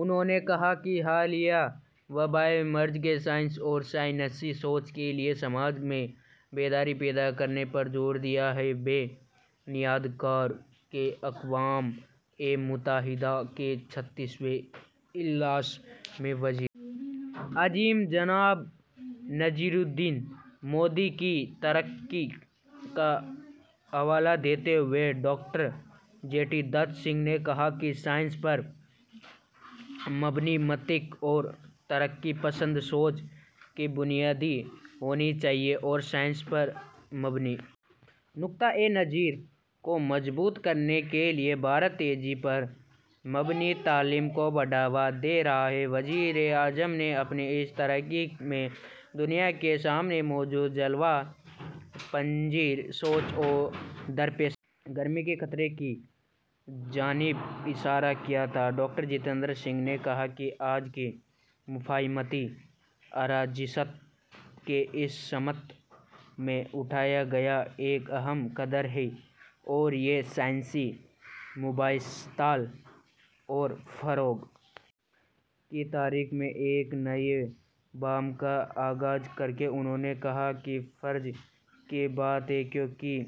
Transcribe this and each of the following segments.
انہوں نے کہا کہ حالیہ وبائی مرض نے سائنس اور سائنسی سوچ کے لیے سماج میں بیداری پیدا کرنے پر زور دیا ہے نیویارک میں اقوام متحدہ کے چھہتر ویں اجلاس میں وزیر اعظم جناب نریندر مودی کی تقریر کا حوالہ دیتے ہوئے ڈاکٹر جتیندر سنگھ نے کہا کہ سائنس پر مبنی منطقی اور ترقی پسند سوچ ترقی کی بنیاد ہونی چاہیے اور سائنس پر مبنی نقطہ نظر کو مضبوط کرنے کے لیے بھارت تجربے پر مبنی تعلیم کو بڑھاوا دے رہا ہے وزیر اعظم نے اپنی اس تقریر میں دنیا کے سامنے موجود زوال پذیر سوچ اور دہشت گردی کے خطرے کی جانب اشارہ کیا تھا ڈاکٹر جتیندر سنگھ نے کہا کہ آج کی مفاہمتی عرضداشت اس سمت میں اٹھایا گیا ایک اہم قدم ہے اور یہ سائنسی مواصلات اور فروغ کی تاریخ میں ایک نئے باب کا آغاز کرے گا انہوں نے کہا کہ یہ فخر کی بات ہے کیونکہ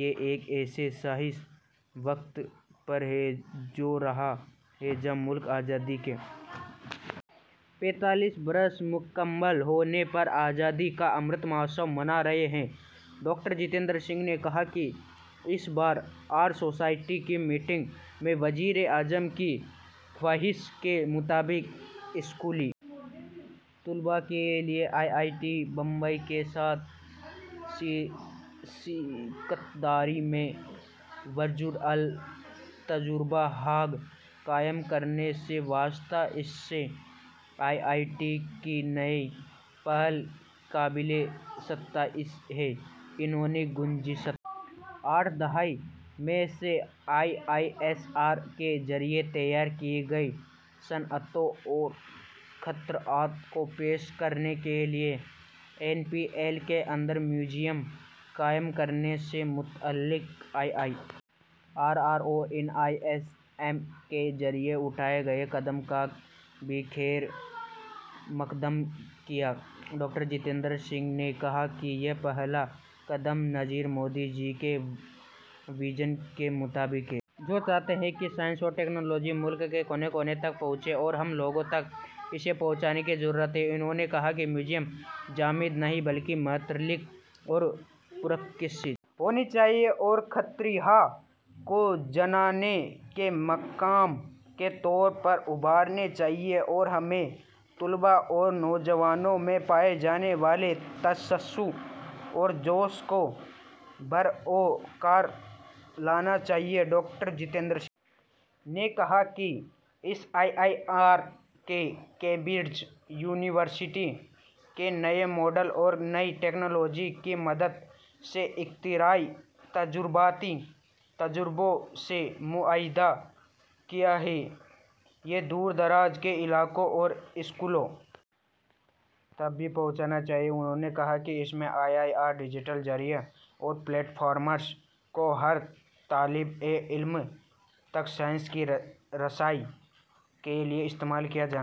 یہ ایک ایسے صحیح وقت پر ہو رہا ہے جب ملک آزادی کے پچھتر برس مکمل ہونے پر آزادی کا امرت مہوتسو منا رہا ہے ڈاکٹر جتیندر سنگھ نے کہا کہ C S I R society کی میٹنگ میں وزیر اعظم کی خواہش کے مطابق اسکولی طلبہ کے لیے آئی آئی ٹی بمبئی کے ساتھ شراکت داری میں ورچوئل تجربہ گاہ قائم کرنے سے وابستہ سی ایس آئی آر کی نئی پہل قدمی قابل ستائش ہے انہوں نے گزشتہ آٹھ دہائیوں میں سی ایس آئی آر کے ذریعہ تیار کی گئی صنعتوں اور اختراعات کو پیش کرنے کے لیے این پی ایل کے اندر میوزیم قائم کرنے سے متعلق سی ایس آئی آر اور این سی ایس ایم کے ذریعہ اٹھائے گئے قدم کا بھی خیرمقدم کیا ڈاکٹر جتیندر سنگھ نے کہا کہ یہ پہل قدمی نریندر مودی جی کے ویژن کے مطابق بھی ہے جو چاہتے ہیں کہ سائنس اور ٹیکنالوجی ملک کے کونے کونے تک پہنچے اور ہمیں لوگوں تک اسے پہنچانے کی ضرورت ہے انہوں نے کہا کہ میوزیم جامد نہیں بلکہ متحرک اور پرکشش ہونے چاہئیں اور اختراع کو جانچنے کے مقام کے طور پر ابھرنے چاہئیں اور ہمیں طلبہ اور نوجوانوں میں پائے جانے والے تجسس اور جوش کو بروئے کار لانا چاہیے ڈاکٹر جتیندر سنگھ نے کہا کہ جہاں سی ایس آئی آر نے کیندریہ ودیالیوں نوودیہ ودیالیوں اور نیتی آیوگ کی اٹل اختراعی تجربہ گاہوں سے معاہدہ کیا ہے وہیں اسے دور دراز کے علاقوں اور اسکولوں تک بھی پہنچنا چاہیے انہوں نے کہا کہ سی ایس آئی آر کے ڈیجیٹل ذرائع اور پلیٹ فارمز کو ہر طالب علم تک سائنس کی رسائی کے لیے استعمال کیا جانا چاہیے